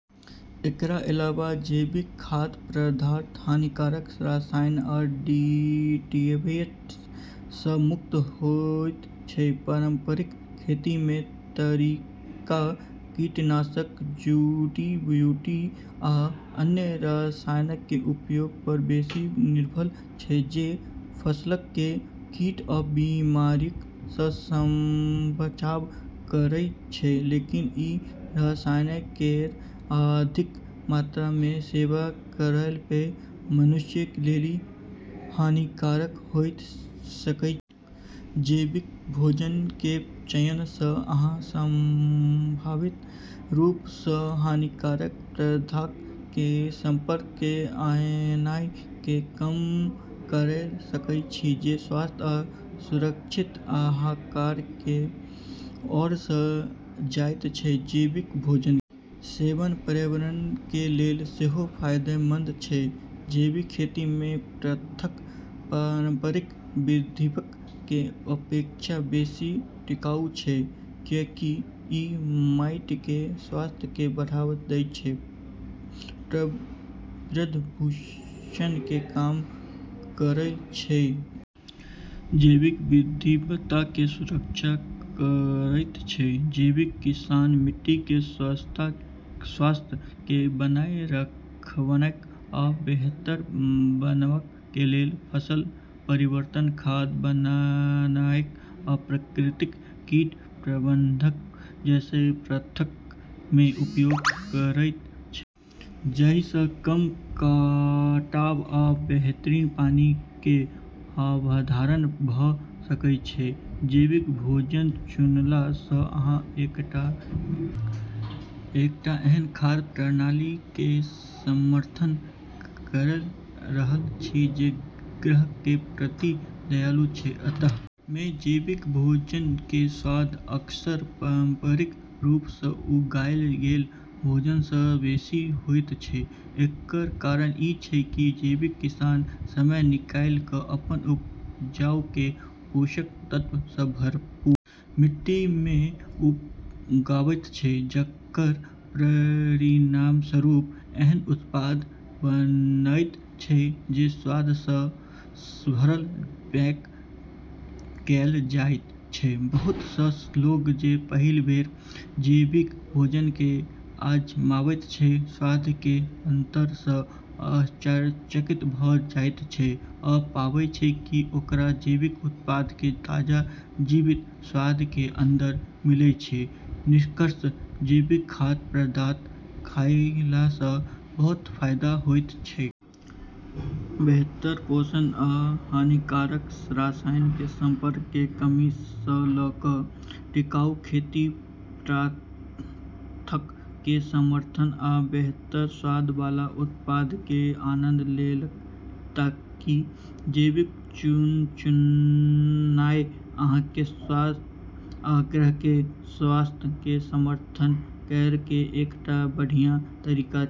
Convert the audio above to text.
एकर अलावा जैविक खाद्य पदार्थ हानिकारक रसायन आ एडिटिव्स सं मुक्त होयत छै, पारंपरिक खेती कें तरीका कीटनाशक, जड़ी-बूटी आ अन्य रसायनक कें उपयोग पर बेसि निर्भर छै जे फसलक कें कीट आ बीमारियक सं बचाव करएयत छै, लेकिन ई रसायन केरऽ अधिक मात्रा मे सेवन करला पे मनुष्य लेली हानिकारक होय सकै छै। जैविक भोजन कें चयन सं, अहां संभावित रूप सं हानिकारक पदार्थक कें संपर्क मे आनाय कें कम कयर सकय छी जे स्वस्थ आ सुरक्षित आहार कें ओर ले जायत छै, जैविक भोजन कें सेवन पर्यावरण कें लेल सेहो फायदेमंद छै, जैविक खेती कें प्रथाक पारंपरिक विधियक कें अपेक्षा बेसि टिकाऊ छै, कियाकि इ माइट कें स्वास्थ्य कें बढ़ावा देयत छै, प्रदूषण कें कम करयत छै आ जैव विविधता कें सुरक्षा करयत छै, जैविक किसान मिट्टी कें स्वास्थ्य कें बनाए रखनाय आ बेहतर बनावा कें लेल फसल परिवर्तन, खाद बनानाय आ प्राकृतिक कीट प्रबंधन जैना प्रथाक कें उपयोग करएयत छै जइ सं कम कटाव आ बेहतर पानी कें अवधारण भ सकएय छै, जैविक भोजन चुनला सं अहां एकटा एहन खाद्य प्रणाली कें समर्थन कयर रहल छी जे ग्रह कें प्रति दयालु छै, अंत मे जैविक भोजन कें स्वाद अक्सर पारंपरिक रूप सं उगाएल गेल भोजन सं बेसि होयत छै, एकर कारण इ छै की जैविक किसान समय निकाल क अपन उपज कें पोषक तत्व सं भरपूर मिट्टी मे उगाबैत छै जेकर परिणामस्वरूप एहन उत्पाद बनएयत छै जे स्वाद सं भरल पैक कैल जायत छै, बहुत सं लोग जे पहिल बेर जैविक भोजन कें आजमाबैत छै, स्वाद मे अंतर सं आश्चर्यचकित भ जायत छै आ पाबै छै कि ओकरा जैविक उत्पाद कें ताजा, जीवंत स्वाद कें आनंद मिलै छै, निष्कर्षतः जैविक खाद्य पदार्थ खयला सँ बहुत फायदा होइत छैक। बेहतर पोषण आ हानिकारक रसायन कें संपर्क मे कमी सं ल क टिकाऊ खेती प्रथाक कें समर्थन आ बेहतर स्वाद वाला उत्पादक कें आनंद लेनाय तइक, जैविक चुननाय अहां कें स्वास्थ्य आ ग्रह कें स्वास्थ्य कें समर्थन करय कें एकटा बढ़िया तरीका छै।